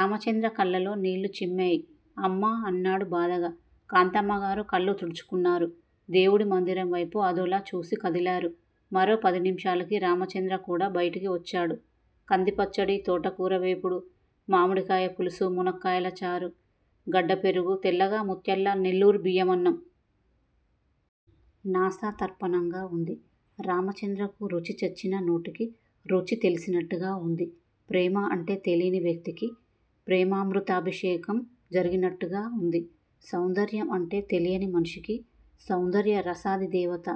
రామచంద్ర కళ్ళలో నీళ్ళు చిమ్మేయి. అమ్మా అన్నాడు బాధగా. కాంతమ్మగారూ కళ్ళు తుడుచుకున్నారు. దేవుడి మందిరం వైపు అదోలా చూసి కదిలారు. మరో పది నిమిషాలకి రామచంద్ర కూడా బయటికి వొచ్చాడు. కందిపచ్చడి, తోటకూర వేపుడు మామిడికాయ పులుసు మునక్కాయల చారు గడ్డ పెరుగు-తెల్లగా ముత్యాల్లా నెల్లూరు బియ్యమన్నం. నాసా తర్పణంగా వుంది. రామచంద్రకు రుచి చచ్చిన నోటికి రుచి తెలిసినట్టుగా వుంది. ప్రేమ అంటే తెలీని వ్యక్తికీ ప్రేమమృతాభిషేకం జరిగినట్టుగా వుంది సౌందర్యం అంటే తెలియని మనిషికి సౌందర్య రసాదిదేవత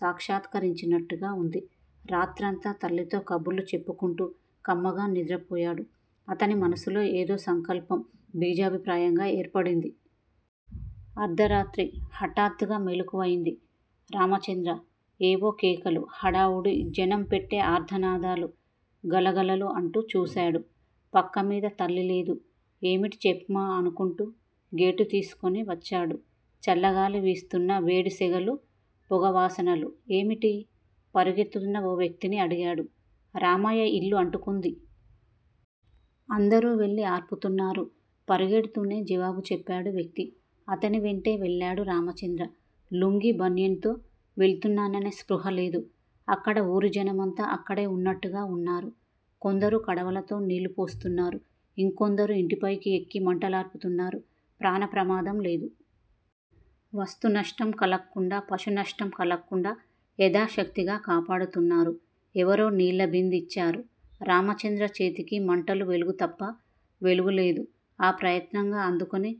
సాక్షత్కారించినట్టుగా వుంది. రాత్రంతా తల్లితో కబుర్లు చెప్పుకుంటూ కమ్మగా నిద్రపోయాడు. అతని మనస్సులో ఏదో సంకల్పం బీజప్రాయంగా ఏర్పడింది. అర్ధరాత్రి! హటాత్తుగా మెళుకువవైంది రామచంద్ర. ఏవో కేకలు! హడావుడి! జనం పెట్టె ఆర్తనాదాలు! గలగలలు. అటూ చూశాడు పక్క మీద తల్లిలేదు. ఏమిటి చెప్మా అనుకుంటూ గేటు తీసుకుని వచ్చాడు చల్లగాలి విస్తున్నా వేడి సెగలు -పొగవాసనలు. ఏమిటి? పరుగెత్తుతున్న ఓ వ్యక్తిని అడిగాడు. రామయ్య ఇల్లు అంటుకోంది. అందరూ వెళ్ళి అర్పుతున్నారు. పరిగెడుతూనే జవాబు చెప్పాడా వ్యక్తి. అతని వెంటే వెళ్ళాడు రామచంద్ర. లుంగీ, బనియన్ తో వెళుతున్నాననే స్పృహ లేదు. అక్కడా ఉరిజనమంతా అక్కడే ఉన్నట్టుగా వున్నారు. కొందరు కడవలతో నీళ్ళు పోస్తున్నారు. ఇంకొందరు ఇంటిపైకి ఎక్కి మంటలార్పుటున్నారు. ప్రాణ ప్రమాదం లేదు. వస్తు నష్టం కలక్కుండా పశు నష్టం కలక్కుండా యదాశక్తిగా కాపాడుతున్నారు. ఎవరో నిళ్ళ బిందె ఇచ్చారు. రామచంద్ర చేతికి! మంటల వెలుగు తప్ప వెలుగులేదు. ఆ ప్రయత్నంగా అందుకుని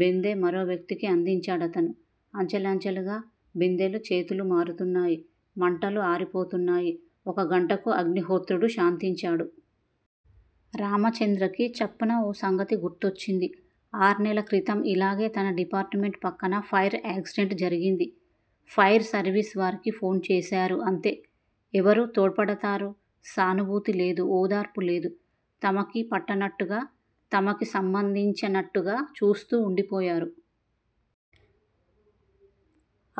బెండె మరోవ్యక్తికి అందించాడతను. అంచెలంచెలుగా బిందెలు చేతులు మారుతున్నాయి. మంటలు అరిపోతున్నాయి. ఒక గంటకు అగ్ని హొత్రుడు శాంతించాడు. రామచంద్రకి చప్పున ఓ సంగతి గుర్తొచ్చింది. ఆర్నెల్ల క్రితం ఇలాగే తన డిపార్ట్ మెంట్ ప్రక్కన ఫైర్ యాక్సిడెంట్ జరిగింది. ఫైర్ సర్విస్ వారికి ఫోన్ చేశారు. అంతే! ఎవరు తోడ్పడతారు? సానుభూతి లేదు. ఓదార్పు లేదు. తమకి పట్టనట్టుగా తమకి సంబంధించనట్టుగా చూస్తూ ఉండిపోయారు.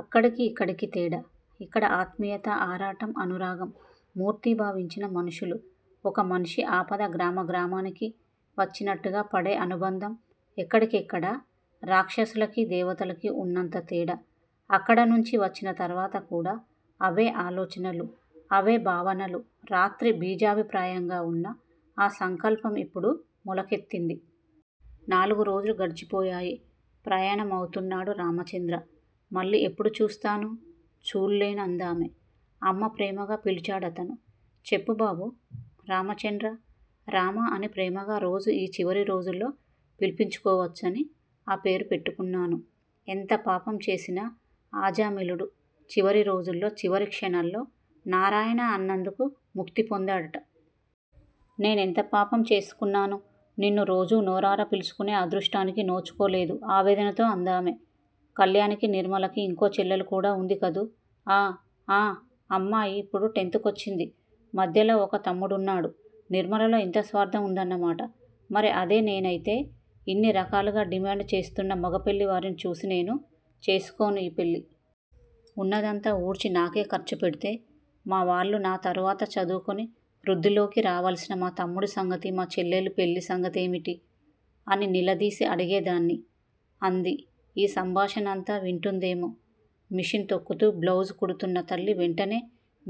అక్కడికి యిక్కడికి తేడా? ఇక్కడ ఆత్మీయత ఆరాటం, అనురాగం మూర్తిభావించిన మనుషులు, ఒక మనిషి ఆపద గ్రామ గ్రామానికి వచ్చినట్టుగా పడే అనుబంధం ఎక్కడి కెక్కడ రాక్షసులకి దేవతలకి ఉన్నంత తేడా. అక్కడ నుంచి వచ్చిన తర్వాత కూడా అవే ఆలోచనలు! అవే భావనలు రాత్రి బీజప్రాయంగా వున్న ఆ సంకల్పం యిప్పుడు మొలకెత్తింది. నాలుగు రోజులు గడిచిపోయాయి. ప్రయాణమవుతున్నాడు రామచంద్ర. మళ్ళీ ఎప్పుడు చూస్తాను- చూళ్ళేను అందామె. అమ్మా! ప్రేమగా పిలిచాడతను. చెప్పుబాబూ! రామచండ్రా! 'రామా' అని ప్రేమగా రోజు యీ చివరి రోజుల్లో పిలుచుకొవచ్చని ఆ పేరు పెట్టుకున్నాను. ఎంత పాపం చేసినా ఆజామిళుడు చివరి రోజుల్లో చివరి క్షణంలో నారాయణ అన్నందుకు ముక్తి పొందాడట! నేనెంత పాపం చేసుకున్నాను. నిన్ను రోజు నోరారా పిలుచుకునే అదృష్టానికి నోచుకోలేదు ఆవేదనతో అందామె. కళ్యాణీ! నిర్మలకి ఇంకో చెల్లెలు కూడా వుందికదూ? ఆ! ఆ అమ్మాయి ఇప్పుడు టెన్త్ కొచ్చింది. మధ్యలో ఒక తమ్ముడున్నాడు. నిర్మలలో ఇంత స్వార్ధం వుందన్నమాట! మరి? అదే నేనైతే ఇన్ని రకాలుగా డిమాండు చేస్తున్న మగపెళ్ళివారిని చూసి 'నేను చేసుకోను' ఈ పెళ్ళి. ఉన్నదంతా ఊడ్చి నాకే ఖర్చు పెట్టేస్తే మావాళ్ళు నా తరువాత, చదువుకుని వృద్ధిలోకి రావలసిన మా తమ్ముడి సంగతి, మా చెల్లెలి పెళ్ళి సంగతేమిటి? అని నిలదీసి అడిగేదాన్ని. అంది. ఈ సంభాషణంతా వింటోందేమో, మెషీన్ తొక్కుతూ బ్లౌజు కుడుతున్న తల్లి, వెంటనే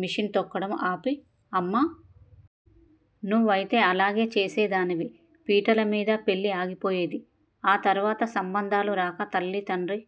మెషీన్ తొక్కడం ఆపి, అమ్మా! నువ్వైతే అలాగే చేసేదానివి. పీటలమీద పెళ్ళి ఆగిపోయేది. ఆ తరువాత సంబంధాలు రాక, తల్లీ తండ్రి